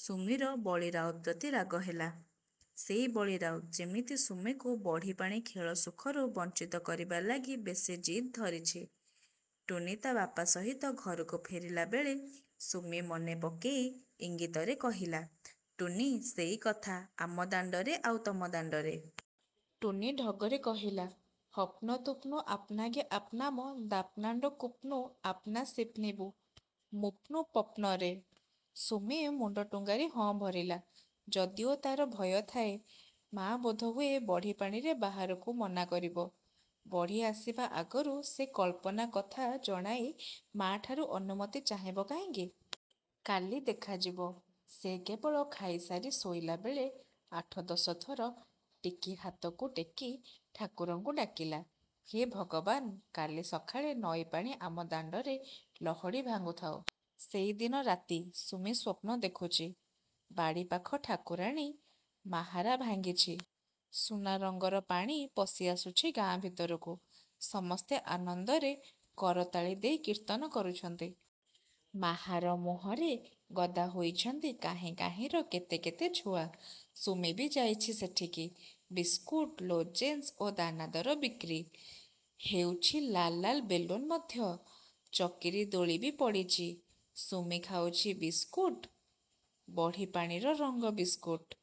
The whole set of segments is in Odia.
ସୁମିର ବଳୀ ରାଉତ ପ୍ରତି ରାଗ ହେଲା। ସେଇ ବଳୀ ରାଉତ ଯେମିତି ସୁମିକୁ ବଢ଼ିପାଣି ଖେଳ ସୁଖରୁ ବଞ୍ଚିତ କରିବା ଲାଗି ବେଶି ଜିଦ୍ ଧରିଚି। ଟୁନୀ ତା ବାପା ସହିତ ଘରକୁ ଫେରିଲା ବେଳେ ସୁମି ମନେ ପକେଇ ଇଙ୍ଗିତରେ କହିଲା–'ଟୁନୀ ସେଇ କଥା–ଆମ ଦାଣ୍ଡରେ–ଆଉ–ତମ ଦାଣ୍ଡରେ। ' ଟୁନୀ ଢଗରେ କହିଲା–'ହପ୍ନ', ତୁପ୍ନୁ ଆପ୍ନାଗେ ଆପ୍ନାମ ଦାପ୍ନାଣ୍ଡ କୁପ୍ନୁ ଆପ୍ନାସିପ୍ନିବୁ, ମୁପ୍ନୁ ପପ୍ନରେ। '' ସୁମି ମୁଣ୍ଡ ଟୁଙ୍ଗାରି ହଁ ଭରିଲା। ଯଦିଓ ତାର ଭୟ ଥାଏ–ମା' ବୋଧହୁଏ ବଢ଼ିପାଣିରେ ବାହାରକୁ ମନାକରିବ। ବଢ଼ି ଆସିବା ଆଗରୁ ସେ କଳ୍ପନା କଥା ଜଣାଇ ମା'ଠାରୁ ଅନୁମତି ଚାହିଁବ କାହିଁକି? କାଲି ଦେଖାଯିବ। ସେ କେବଳ ଖାଇସାରି ଶୋଇଲାବେଳେ ଆଠଦଶଥର ଟିକି ହାତକୁ ଟେକି ଠାକୁରଙ୍କୁ ଡାକିଲା–'ହେ ଭଗବାନ, କାଲି ସକାଳେ ନଈପାଣି ଆମ ଦାଣ୍ଡରେ ଲହଡ଼ି ଭାଙ୍ଗୁ ଥାଉ'। ସେଇଦିନ ରାତି। ସୁମି ସ୍ୱପ୍ନ ଦେଖୁଚି। –ବାଡ଼ିପାଖ ଠାକୁରାଣୀ ମାହାରା ଭାଙ୍ଗିଚି–ସୁନାରଙ୍ଗର ପାଣି ପଶି ଆସୁଚି ଗାଁ ଭିତରକୁ–ସମସ୍ତେ ଆନନ୍ଦରେ କରତାଳି ଦେଇ କୀର୍ତ୍ତନ କରୁଛନ୍ତି। ମାହାର ମୁହଁରେ ଗଦା ହୋଇଛନ୍ତି କାହିଁ କାହିଁର କେତେ କେତେ ଛୁଆ। ସୁମି ବି ଯାଇଚି ସେଠିକି। ବିସ୍କୁଟ, ଲୋଜେନ୍ସ ଓ ଦାନାଦାର ବିକ୍ରି। ହେଉଚି–ଲାଲ ଲାଲ ବେଲୁନ୍ ମଧ୍ୟ। ଚକିରି ଦୋଳି ବି ପଡ଼ିଚି। ସୁମି ଖାଉଚି ବିସ୍କୁଟ–ବଢ଼ିପାଣିର ରଙ୍ଗ ବିସ୍କୁଟ।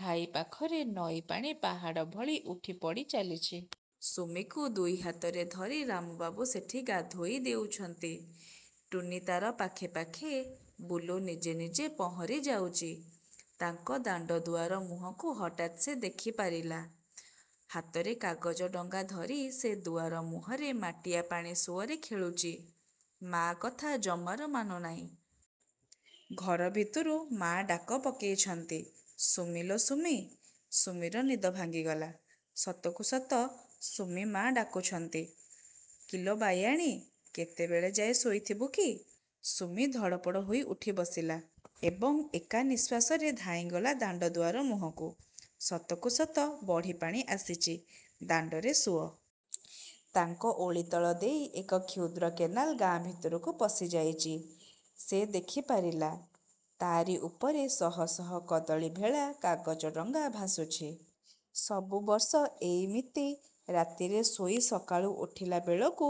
ଘାଇ ପାଖରେ ନଈପାଣି ପାହାଡ଼ଭଳି ଉଠିପଡ଼ି ଚାଲିଛି। ସୁମିକୁ ଦୁଇହାତରେ ଧରି ରାମବାବୁ ସେଠି ଗାଧୋଇ ଦେଉଛନ୍ତି। ଟୁନୀ ତାର ପାଖେ ପାଖେ। ବୁଲୁ ନିଜେ ନିଜେ ପହଁରି ଯାଉଚି। ତାଙ୍କ ଦାଣ୍ଡଦୁଆର ମୁହଁକୁ ହଠାତ୍ ସେ ଦେଖିପାରିଲା। ହାତରେ କାଗଜ ଡଙ୍ଗାଧରି ସେ ଦୁଆର ମୁହଁରେ ମାଟିଆ ପାଣି ସୁଅରେ ଖେଳୁଚି। ମା' କଥା ଜମାରୁ ମାନୁନାଇଁ। ଘର ଭିତରୁ ମା' ଡାକ ପକେଇଛନ୍ତି–ସୁମି ଲୋ ସୁମି। ସୁମିର ନିଦ ଭାଙ୍ଗିଗଲା। ସତକୁ ସତ ସୁମି-ମା ଡାକୁଛନ୍ତି–କିଲୋ ବାୟାଣୀ! କେତେବେଳେ ଯାଏଁ ଶୋଇଥିବୁ କି? ସୁମି ଧଡ଼ପଡ଼ ହୋଇ ଉଠି ବସିଲା–ଏବଂ ଏକାନିଃଶ୍ୱାସରେ ଧାଇଁଗଲା ଦାଣ୍ଡଦୁଆର ମୁହଁକୁ,–ସତକୁ ସତ ବଢିି ପାଣି ଆସିଚି। ଦାଣ୍ଡରେ ସୁଅ। ତାଙ୍କ ଓଳିତଳ ଦେଇ ଏକ କ୍ଷୁଦ୍ର କେନାଲ ଗାଁ ଭିତରକୁ ପଶିଯାଇଚି। ସେ ଦେଖିପାରିଲା–ତାରି ଉପରେ ଶହ ଶହ କଦଳିଭେଳା କାଗଜଡଙ୍ଗା ଭାସୁଛି। ସବୁବର୍ଷ ଏଇମିତି ରାତିରେ ଶୋଇ ସକାଳୁ ଉଠିଲାବେଳକୁ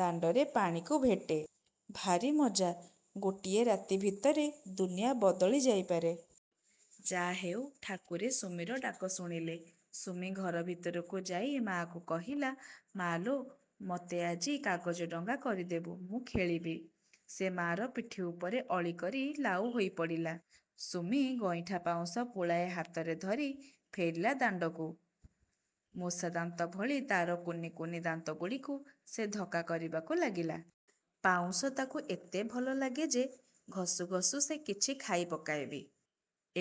ଦାଣ୍ଡରେ ପାଣିକୁ ଭେଟେ-। ଭାରି ମଜା। ଗୋଟିଏ ରାତି ଭିତରେ ଦୁନିଆ ବଦଳି ଯାଇପାରେ। ଯା'ହେଉ ଠାକୁରେ ସୁମିର ଡାକ ଶୁଣିଲେ। ସୁମି ଘର ଭିତରକୁ ଯାଇ ମା'କୁ କହିଲା–'ମା'ଲୋ ମୋତେ ଆଜି କାଗଜଡଙ୍ଗା କରିଦେବୁ–ମୁଁ ଖେଳିବି'। ସେ ମା'ର ପିଠି ଉପରେ ଅଳିକରି ଲାଉ ହୋଇପଡ଼ିଲା। ସୁମି ଗଇଁଠା ପାଉଁଶ ପୁଳାଏ ହାତରେ ଧରି ଫେରିଲା ଦାଣ୍ଡକୁ। ମୂଷାଦାନ୍ତ ଭଳି ତା'ର କୁନିକୁନି ଦାନ୍ତଗୁଡ଼ିକୁ ସେ ଧକା କରିବାକୁ ଲାଗିଲା। ପାଉଁଶ ତାକୁ ଏତେ ଭଲ ଲାଗେ ଯେ ଘସୁଘସୁ ସେ କିଛି ଖାଇପକାଏ ବି।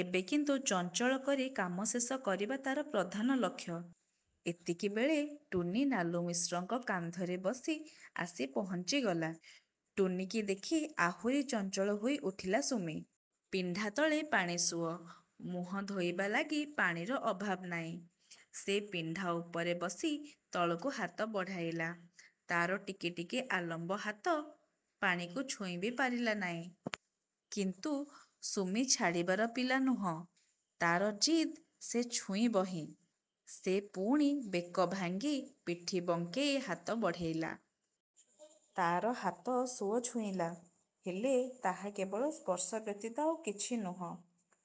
ଏବେ କିନ୍ତୁ ଚଞ୍ଚଳକରି କାମ ଶେଷ କରିବା ତାର ପ୍ରଧାନ ଲକ୍ଷ୍ୟ। ଏତିକିବେଳେ ଟୁନୀ ନାଲୁମିଶ୍ରଙ୍କ କାନ୍ଧରେ ବସି ଆସି ପହଞ୍ଚିଗଲା। ଟୁନୀକି ଦେଖି ଆହୁରି ଚଞ୍ଚଳ ହୋଇ ଉଠିଲା ସୁମି। ପିଣ୍ଡାତଳେ ପାଣିସୁଅ। ମୁହଁ ଧୋଇବା ଲାଗି ପାଣିର ଅଭାବ ନାଇଁ। ସେ ପିଣ୍ଡା ଉପରେ ବସି ତଳକୁ ହାତ ବଢଢାଇଲା। ତାର ଟିକି ଟିକି ଆଲମ୍ବ ହାତ ପାଣିକୁ ଛୁଇଁବି ପାରିଲା ନାଇଁ। କିନ୍ତୁ–ସୁମି ଛାଡ଼ିବାର ପିଲାନୁହଁ,–ତାର ଜିଦ୍ ସେ ଛୁଇଁବହିଁ। ସେ ପୁଣି ବେକଭାଙ୍ଗି, ପିଠି ବଙ୍କେଇ ହାତ ବଢ଼େଇଲା। ତାର ହାତ ସୁଅ ଛୁଇଁଲା, ହେଲେ ତାହା କେବଳ ସ୍ପର୍ଶ ବ୍ୟତୀତ ଆଉ କିଛି ନୁହଁ।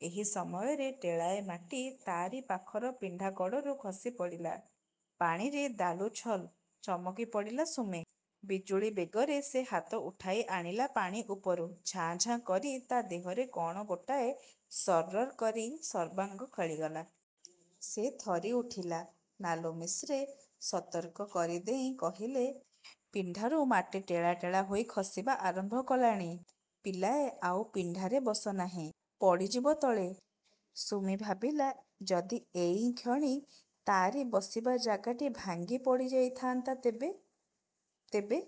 ଏହି ସମୟରେ ଟେଳାଏ ମାଟି ତାରି ପାଖର ପିଣ୍ଡା କଡ଼ରୁ ଖସିପଡ଼ିଲା ପାଣିରେ–'ଦାଲୁ-ଛଲ'। ଚମକି ପଡ଼ିଲା ସୁମି। ବିଜୁଳି ବେଗରେ ସେ ହାତ ଉଠାଇ ଆଣିଲା ପାଣି ଉପରୁ ଝାଁ-ଝାଁ କରି ତା ଦେହରେ କଣ ଗୋଟାଏ ସର-ରର କରି ସର୍ବାଙ୍ଗ ଖେଳିଗଲା। ସେ ଥରି ଉଠିଲା। ନାଲୁମିଶ୍ରେ ସତର୍କ କରିଦେଇ କହିଲେ–ପିଣ୍ଡାରୁ ମାଟି ଟେଳା ଟେଳା ହୋଇ ଖସିବା ଆରମ୍ଭ କଲାଣି। ପିଲାଏ ଆଉ ପିଣ୍ଡାରେ ବସନାହିଁ। ପଡ଼ିଯିବ ତଳେ। ସୁମି ଭାବିଲା–ଯଦି ଏଇକ୍ଷଣି ତାଆରି ବସିବା ଜାଗାଟି ଭାଙ୍ଗି ପଡ଼ିଯାଇଥାନ୍ତା ତେବେ...!! ତେବେ!!